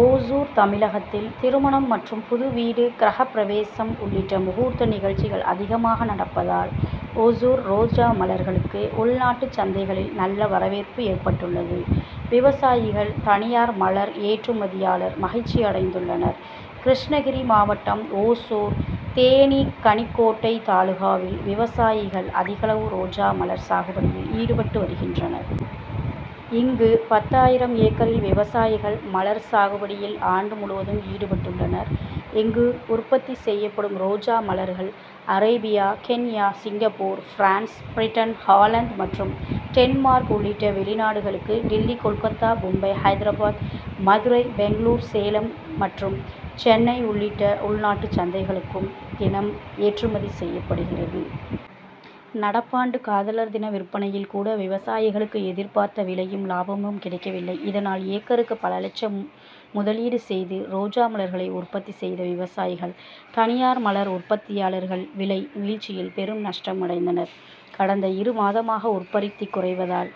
ஓசூர் தமிழகத்தில் திருமணம் மற்றும் புது வீடு கிரஹபிரவேசம் உள்ளிட்ட முகூர்த்த நிகழ்ச்சிகள் அதிகமாக நடப்பதால் ஓசூர் ரோஜா மலர்களுக்கு உள்நாட்டு சந்தைகளில் நல்ல வரவேற்பு ஏற்பட்டுள்ளது. விவசாயிகள் தனியார் மலர் ஏற்றுமதியாளர் மகிழ்ச்சியடைந்துள்ளனர். கிருஷ்ணகிரி மாவட்டம் ஓசூர் தேனி கனிக்கோட்டை தாலுகாவில் விவசாயிகளில் அதிகளவு ரோஜா மலர் சாகுபடியில் ஈடுபட்டு வருகின்றனர். இங்கு பத்து ஆயிரம் ஏக்கரில் விவசாயிகள் மலர் சாகுபடியில் ஆண்டு முழுவதும் ஈடுபட்டுள்ளனர். இங்கு உற்பத்தி செய்யப்படும் ரோஜா மலர்கள் Arabia Kenya Singapore France Britain Holland மற்றும் டென்மார்க் உள்ளிட்ட வெளி நாடுகளுக்கும் டில்லி கொல்கத்தா மும்பை ஹைதராபாத் மதுரை பெங்களூரு சேலம் மற்றும் சென்னை உள்ளிட்ட உள்நாட்டு சந்தைகளுக்கும் தினம் ஏற்றுமதி செய்யப்படுகிறது. நடப்பாண்டு காதலர் தின விற்பனையில் கூட விவசாயிகளுக்கு எதிர்பார்த்த விலையும் லாபமும் கிடைக்வில்லை. இதனால் ஏக்கருக்கு பல லட்சம் முதலீடு செய்து ரோஜா மலர்களை உற்பத்தி செய்த விவசாயிகள் தனியார் மலர் உற்பத்தயாளர்கள் விலை வீழ்ச்சியால் பெரும் நஷ்டம் அடைந்தனர். கடந்த இரு மாதமாக உற்பத்தி குறைவால்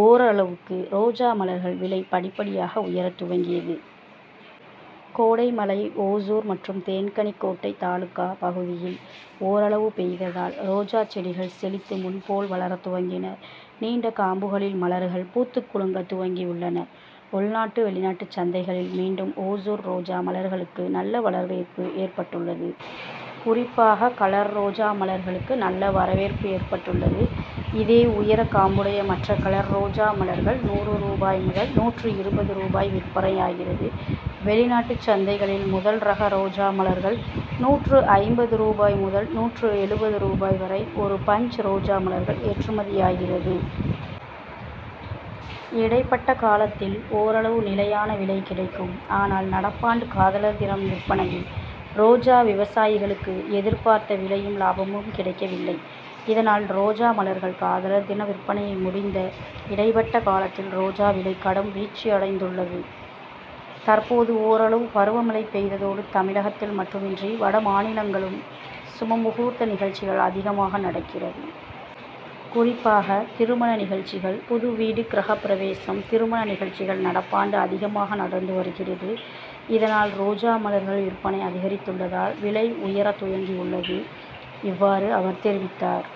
ஓரளவுக்கு ரோஜா மலர்கள் விலை படிபடியாக உயர துவங்கியது. கோடை மழை ஓசூர் மற்றும் தேன்கனிக்கோட்டை தாலுகா பகுதியில் ஒரளவு பெய்ததால் ரோஜா செடிகள் செழித்து முன் போல் வளர துவங்கின. நீண்ட காம்புகளில் மலர்கள் பூத்து குலுங்க துவங்கி உள்ளன. உள்நாட்டு வெளிநாட்டு சந்தைகளில் மீண்டும் ஓசூர் ரோஜா மலர்களுக்கு நல்ல வரவேற்பு ஏற்பட்டுள்ளது. குறிப்பாக கலர் ரோஜா மலர்களுக்கு நல்ல வரவேற்பு ஏற்பட்டுள்ளது. இதே உயர காம்புடைய மற்ற கலர் ரோஜா மலர்கள் நூறு ரூபாய் முதல் நூற்று இருபது ரூபாய் விற்பனையாகிறது. வெளிநாட்டு சந்தைகளில் முதல் ரக ரோஜா மலர்கள் நூற்று ஐம்பது ரூபாய் முதல் நூற்று எழுபது ரூபாய் வரை ஒரு பஞ்ச் ரோஜா மலர்கள் ஏற்றுமதியாகிறது. இடைப்பட்ட காலத்தில் ஒரளவு நிலையான விலை கிடைக்கும். ஆனால் நடப்பாண்டு காதலர் தினம் விற்பனையில் ரோஜா விவசாயிகளுக்கு எதிர்பார்த்த விலையும் லாபமும் கிடைக்கவில்லை. இதனால் ரோஜா மலர்கள் காதலர் தின விற்பனையை முடிந்த இடைப்பட்ட காலத்தில் ரோஜா விலை கடும் வீழ்ச்சியடைந்துள்ளது. தற்போது ஒரளவு பருவமழை பெய்ததோடு தமிழகத்தில் மட்டுமின்றி வட மாநிலங்களிலும் முகூர்த்த நிகழ்ச்சிகள் அதிகமாக நடக்கிறது. குறிப்பாக திருமண நிகழ்ச்சிகள் புதுவீடு கிரஹபிரவேசம் திருவிழா நிகழ்ச்சிகள் நடப்பாண்டு அதிகமாக நடந்து வருகிறது. இதனால் ரோஜா மலர்கள் விற்பனை அதிகரித்துள்ளதால் விலை உயர துவங்கி உள்ளது. இவ்வாறு அவர் தெரிவித்தார்.